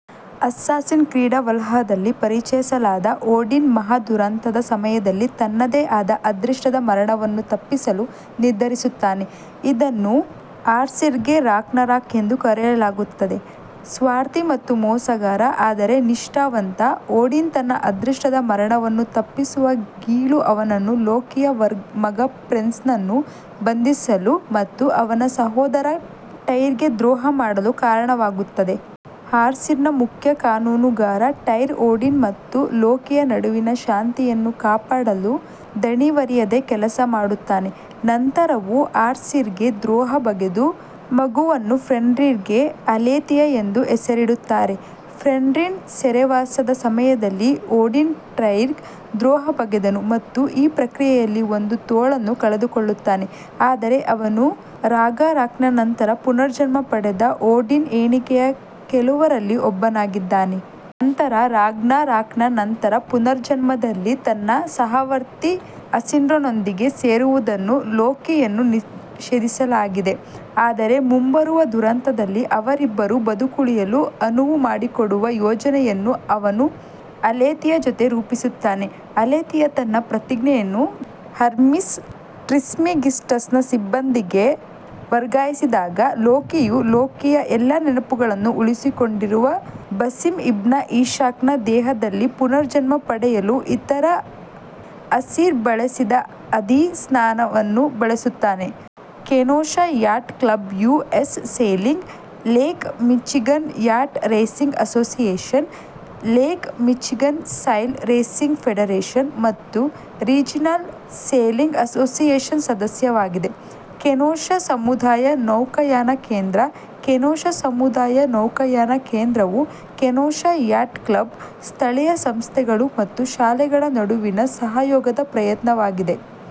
Assassin's Creed ವಲ್ಹಲ್ಲಾದಲ್ಲಿ ಪರಿಚಯಿಸಲಾದ, ಓಡಿನ್ ಮಹಾ ದುರಂತದ ಸಮಯದಲ್ಲಿ ತನ್ನದೇ ಆದ ಅದೃಷ್ಟದ ಮರಣವನ್ನು ತಪ್ಪಿಸಲು ನಿರ್ಧರಿಸುತ್ತಾನೆ, ಇದನ್ನು ಆಸಿರ್ಗೆ ರಾಗ್ನರಾಕ್ ಎಂದು ಕರೆಯಲಾಗುತ್ತದೆ. ಸ್ವಾರ್ಥಿ ಮತ್ತು ಮೋಸಗಾರ, ಆದರೆ ನಿಷ್ಠಾವಂತ, ಓಡಿನ್ ತನ್ನ ಅದೃಷ್ಟದ ಮರಣವನ್ನು ತಪ್ಪಿಸುವ ಗೀಳು ಅವನನ್ನು ಲೋಕಿಯ ಮಗ ಫೆನ್ರಿರ್ನನ್ನು ಬಂಧಿಸಲು ಮತ್ತು ಅವನ ಸಹೋದರ ಟೈರ್ಗೆ ದ್ರೋಹ ಮಾಡಲು ಕಾರಣವಾಗುತ್ತದೆ. ಆಸಿರ್ನ ಮುಖ್ಯ ಕಾನೂನುಗಾರ, ಟೈರ್ ಓಡಿನ್ ಮತ್ತು ಲೋಕಿಯ ನಡುವಿನ ಶಾಂತಿಯನ್ನು ಕಾಪಾಡಲು ದಣಿವರಿಯದೆ ಕೆಲಸ ಮಾಡುತ್ತಾನೆ, ನಂತರದವರು ಆಸಿರ್ಗೆ ದ್ರೋಹ ಬಗೆದು ಮಗುವನ್ನು ಫೆನ್ರಿರ್ಗೆ ಅಲೆಥಿಯಾ ಎಂದು ಹೆಸರಿಡುತ್ತಾರೆ. ಫೆನ್ರಿರ್ನ ಸೆರೆವಾಸದ ಸಮಯದಲ್ಲಿ ಓಡಿನ್ ಟೈರ್ಗೆ ದ್ರೋಹ ಬಗೆದನು ಮತ್ತು ಈ ಪ್ರಕ್ರಿಯೆಯಲ್ಲಿ ಒಂದು ತೋಳನ್ನು ಕಳೆದುಕೊಳ್ಳುತ್ತಾನೆ, ಆದರೆ ಅವನು ರಾಗ್ನರಾಕ್ನ ನಂತರ ಪುನರ್ಜನ್ಮ ಪಡೆದ ಓಡಿನ್ನ ಎಣಿಕೆಯ ಕೆಲವರಲ್ಲಿ ಒಬ್ಬನಾಗಿದ್ದಾನೆ. ನಂತರ, ರಾಗ್ನರಾಕ್ನ ನಂತರ ಪುನರ್ಜನ್ಮದಲ್ಲಿ ತನ್ನ ಸಹವರ್ತಿ ಅಸೀರ್ನೊಂದಿಗೆ ಸೇರುವುದನ್ನು ಲೋಕಿಯನ್ನು ನಿಷೇಧಿಸಲಾಗಿದೆ, ಆದರೆ ಮುಂಬರುವ ದುರಂತದಲ್ಲಿ ಅವರಿಬ್ಬರೂ ಬದುಕುಳಿಯಲು ಅನುವು ಮಾಡಿಕೊಡುವ ಯೋಜನೆಯನ್ನು ಅವನು ಅಲೆಥಿಯಾ ಜೊತೆ ರೂಪಿಸುತ್ತಾನೆ; ಅಲೆಥಿಯಾ ತನ್ನ ಪ್ರಜ್ಞೆಯನ್ನು ಹರ್ಮೆಸ್ ಟ್ರಿಸ್ಮೆಗಿಸ್ಟಸ್ನ ಸಿಬ್ಬಂದಿಗೆ ವರ್ಗಾಯಿಸಿದಾಗ, ಲೋಕಿಯು ಲೋಕಿಯ ಎಲ್ಲಾ ನೆನಪುಗಳನ್ನು ಉಳಿಸಿಕೊಂಡಿರುವ ಬಸಿಮ್ ಇಬ್ನ್ ಇಶಾಕ್ನ ದೇಹದಲ್ಲಿ ಪುನರ್ಜನ್ಮ ಪಡೆಯಲು ಇತರ ಅಸೀರ್ ಬಳಸಿದ ಅದೇ ಸಾಧನವನ್ನು ಬಳಸುತ್ತಾನೆ. Kenosha Yacht Club U. S. Sailing, Lake Michigan Yacht Racing Association, Lake Michigan Sail Racing Federation ಮತ್ತು ರೀಜನಲ್ ಸೇಲಿಂಗ್ ಅಸೋಸಿಯೇಷನ್ನ ಸದಸ್ಯವಾಗಿದೆ. ಕೆನೋಶಾ ಸಮುದಾಯ ನೌಕಾಯಾನ ಕೇಂದ್ರ ಕೆನೋಶಾ ಸಮುದಾಯ ನೌಕಾಯಾನ ಕೇಂದ್ರವು ಕೆನೋಶಾ ಯಾಟ್ ಕ್ಲಬ್, ಸ್ಥಳೀಯ ಸಂಸ್ಥೆಗಳು ಮತ್ತು ಶಾಲೆಗಳ ನಡುವಿನ ಸಹಯೋಗದ ಪ್ರಯತ್ನವಾಗಿದೆ.